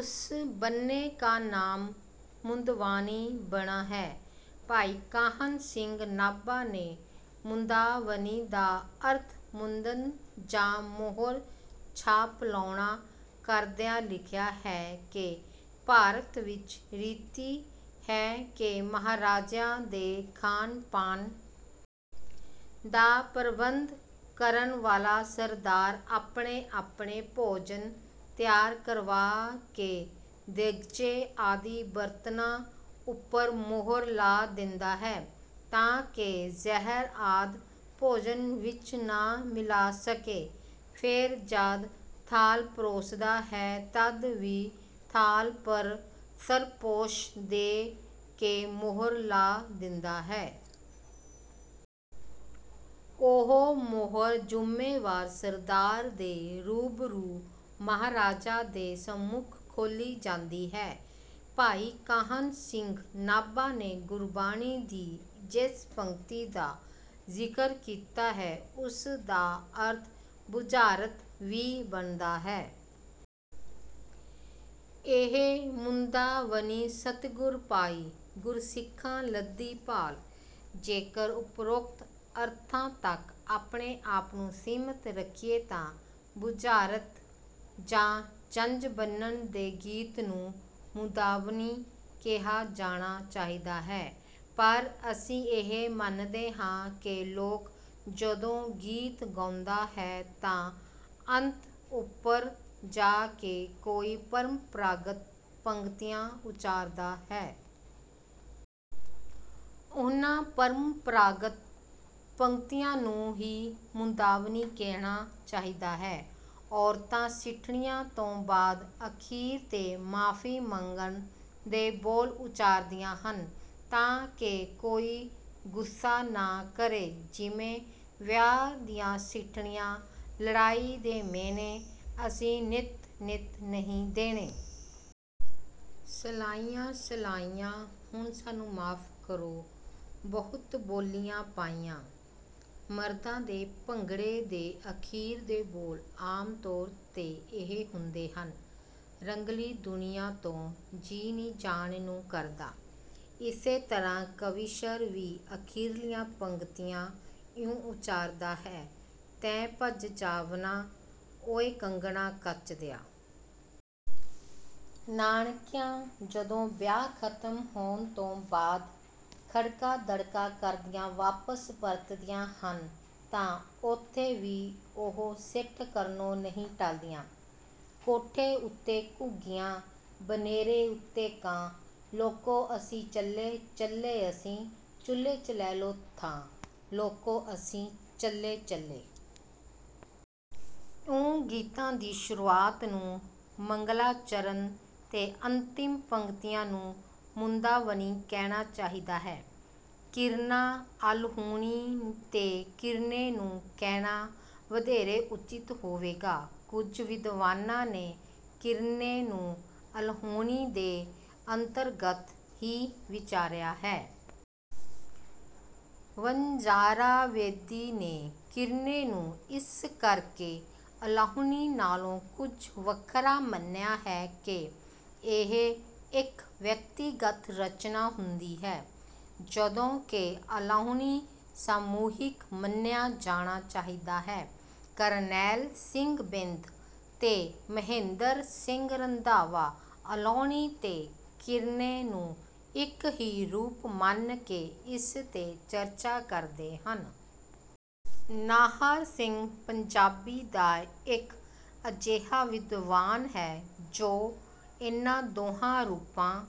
ਉਸ ਬੰਨਣੇ ਕਾ ਨਾਮ ਮੁੰਦਾਵਣੀ ਬਨਾ ਹੈ। "ਭਾਈ ਕਾਹਨ ਸਿੰਘ ਨਾਭਾ ਨੇ ਮੁੰਦਾਵਣੀ ਦਾ ਅਰਥ ਮੁੰਦਣ ਜਾਂ ਮੋਹਰ ਛਾਪ ਲਾਉਣਾ ਕਰਦਿਆ ਲਿਖਿਆ ਹੈ ਕਿ, "ਭਾਰਤ ਵਿਚ ਰੀਤੀ ਹੈ ਕਿ ਮਹਾਰਾਜਿਆਂ ਦੇ ਖਾਣ ਪਾਨ ਦਾ ਪ੍ਰਬੰਧ ਕਰਨ ਵਾਲਾ ਸਰਦਾਰ ਆਪਣੇ ਆਪਣੇ ਭੋਜਨ ਤਿਆਰ ਕਰਵਾ ਕਿ ਦੇਗਚੇ ਆਦਿ ਬਰਤਨਾਂ ਪੁਰ ਮੋਹਰ ਲਾ ਦਿੰਦਾ ਹੈ ਤਾਂ ਕਿ ਜ਼ਹਿਰ ਆਦਿ ਭੋਜਨ ਵਿੱਚ ਨਾ ਮਿਲਾ ਸਕੇ, ਫਿਰ ਜਦ ਥਾਲ ਪਰੋਸਦਾ ਹੈ ਤਦ ਵੀ ਥਾਲ ਪਰ ਸਰਪੋਸ਼ ਦੇ ਕੇ ਮੋਹਰ ਲਾ ਦਿੰਦਾ ਹੈ। ਉਹ ਮੋਹਰ ਜੁੰਮੇਵਾਰ ਸਰਦਾਰ ਦੇ ਰੂਬਰੂ ਮਹਾਰਾਜਾ ਦੇ ਸੰਮੁਖ ਖੋਲ੍ਹੀ ਜਾਂਦੀ ਹੈ। " ਭਾਈ ਕਾਹਨ ਸਿੰਘ ਨਾਭਾ ਨੇ ਗੁਰਬਾਣੀ ਦੀ ਜਿਸ ਪੰਗਤੀ ਦਾ ਜ਼ਿਕਰ ਕੀਤਾ ਹੈ ਉਸ ਦਾ ਅਰਥ ਬੁਝਾਰਤ ਵੀ ਬਣਦਾ ਹੈ। 'ਇਹ ਮੁੰਦਾਵਣੀ ਸਤਿਗੁਰ ਪਾਈ, ਗੁਰਸਿੱਖਾਂ ਲੱਧੀ ਭਾਲਿ"। ਜੇਕਰ ਉਪਰੋਕਤ ਅਰਥਾਂ ਤੱਕ ਆਪਣੇ ਆਪ ਨੂੰ ਸੀਮਤ ਰੱਖੀਏ ਤਾਂ ਬੁਝਾਰਤ ਜਾਂ ਜੰਜ ਬੰਨ੍ਹਣ ਦੇ ਗੀਤਾਂ ਨੂੰ ਮੁੰਦਾਵਣੀ ਕਿਹਾ ਜਾਣਾ ਚਾਹੀਦਾ ਹੈ। ਪਰ ਅਸੀਂ ਇਹ ਮੰਨਦੇ ਹਾਂ ਕਿ 'ਲੋਕ' ਜਦੋਂ ਗੀਤ ਗਾਉਂਦਾ ਹੈ ਤਾਂ ਅੰਤ ਉਪਰ ਜਾ ਕੇ ਕੋਈ ਪਰੰਪਰਾਗਤ ਪੰਗਤੀਆਂ ਉਚਾਰਦਾ ਹੈ। ਉਨ੍ਹਾਂ ਪਰੰਪਰਾਗਤ ਪੰਗਤੀਆਂ ਨੂੰ ਹੀ ਮੁੰਦਾਵਣੀ ਕਹਿਣਾ ਚਾਹੀਦਾ ਹੈ। ਔਰਤਾਂ ਸਿੱਠਣੀਆਂ ਤੋਂ ਬਾਦ ਅਖੀਰ ਤੇ ਮਾਫ਼ੀ ਮੰਗਣ ਦੇ ਬੋਲ ਉਚਾਰਦੀਆਂ ਹਨ ਤਾਂ ਕਿ ਕੋਈ ਗੁੱਸਾ ਨਾ ਕਰੇ। ਜਿਵੇਂ, -ਵਿਆਹ ਦੀਆਂ ਸਿੱਠਣੀਆਂ, ਲੜਾਈ ਦੇ ਮਿਹਣੇ ਅਸੀਂ ਨਿੱਤ ਨਿੱਤ ਨਹੀਂ ਦੇਣੇ। ਸਲਾਈਆਂ ਸਲਾਈਆਂ, ਹੁਣ ਸਾਨੂੰ ਮਾਫ ਕਰੋ ਬਹੁਤ ਬੋਲੀਆਂ ਪਾਈਆਂ ਮਰਦਾਂ ਦੇ ਭੰਗੜੇ ਦੇ ਅਖੀਰ ਦੇ ਬੋਲ ਆਮ ਤੌਰ ਤੇ ਇਹ ਹੁੰਦੇ ਹਨ; -ਰੰਗਲੀ ਦੁਨੀਆਂ ਤੋਂ ਜੀਅ ਨੀ ਜਾਣ ਨੂੰ ਕਰਦਾ। ਇਸੇ ਤਰ੍ਹਾ ਕਵੀਸ਼ਰ ਵੀ ਅਖੀਰਲੀਆਂ ਪੰਗਤੀਆਂ ਇਉਂ ਉਚਾਰਦਾ ਹੈ; ਤੈਂ ਭੱਜ ਜਾਵਣਾ ਉਏ ਕੰਗਣਾ ਕੱਚ ਦਿਆ। ਨਾਨਕੀਆਂ ਜਦੋਂ ਵਿਆਹ ਖਤਮ ਹੋਣ ਤੋਂ ਬਾਦ ਖੜਕਾ-ਦੜਕਾ ਕਰਦੀਆਂ ਵਾਪਸ ਪਰਤਦੀਆਂ ਹਨ ਤਾਂ ਉੱਥੇ ਵੀ ਉਹ ਸਿੱਠ ਕਰਨੋਂ ਨਹੀਂ ਟਲਦੀਆਂ; -ਕੋਠੇ ਉੱਤੇ ਘੁੱਗੀਆਂ ਬਨੇਰੇ ਉੱਤੇ ਕਾਂ ਲੋਕੋ, ਅਸੀਂ ਚੱਲੇ ਚੱਲੇ ਅਸੀਂ ਚੁੱਲੇ 'ਚ ਲੈ ਲਓ ਥਾਂ ਲੋਕੋ, ਅਸੀਂ ਚੱਲੇ ਚੱਲੇ। ਇਉਂ ਗੀਤਾਂ ਦੀ ਸ਼ੁਰੂਆਤ ਨੂੰ ਮੰਗਲਾਚਰਨ ਤੇ ਅੰਤਿਮ ਪੰਗਤੀਆਂ ਨੂੰ ਮੁੰਦਾਵਣੀ ਕਹਿਣਾ ਚਾਹੀਦਾ ਹੈ। ਕੀਰਨਾ ਅਲਾਹੁਣੀ ਤੇ ਕੀਰਨੇ ਨੂੰ ਕਹਿਣਾ ਵਧੇਰੇ ਉੱਚਿਤ ਹੋਵੇਗਾ। ਕੁਝ ਵਿਦਵਾਨਾਂ ਨੇ ਕੀਰਨੇ ਨੂੰ ਅਲਾਹੁਣੀ ਦੇ ਅੰਤਰਗਤ ਹੀ ਵਿਚਾਰਿਆ ਹੈ। ਵਣਜਾਰਾ ਬੇਦੀ ਨੇ ਕੀਰਨੇ ਨੂੰ ਇਸ ਕਰਕੇ ਅਲਾਹੁਣੀ ਨਾਲੋ ਕੁਝ ਵੱਖਰਾ ਮੰਨਿਆ ਹੈ ਕਿ ਇਹ ਇੱਕ ਵਿਅਕਤੀਗਤ ਰਚਨਾ ਹੁੰਦੀ ਹੈ ਜਦੋਂ ਕਿ ਅਲਾਹੁਣੀ ਸਾਮੂਹਿਕ ਮੰਨਿਆਂ ਜਾਣਾ ਚਾਹੀਦਾ ਹੈ। ਕਰਨੈਲ ਸਿੰਘ ਥਿੰਦ ਤੇ ਮਹਿੰਦਰ ਸਿੰਘ ਰੰਧਾਵਾ ਅਲਾਹੁਣੀ ਤੇ ਕੀਰਨੇ ਨੂੰ ਇਕ ਹੀ ਰੂਪ ਮੰਨ ਕੇ ਇਸ ਤੇ ਚਰਚਾ ਕਰਦੇ ਹਨ। ਨਾਹਰ ਸਿੰਘ ਪੰਜਾਬੀ ਦਾ ਇੱਕ ਅਜਿਹਾ ਵਿਦਵਾਨ ਹੈ ਜੋ ਇਨ੍ਹਾਂ ਦੋਹਾਂ ਰੂਪਾਂ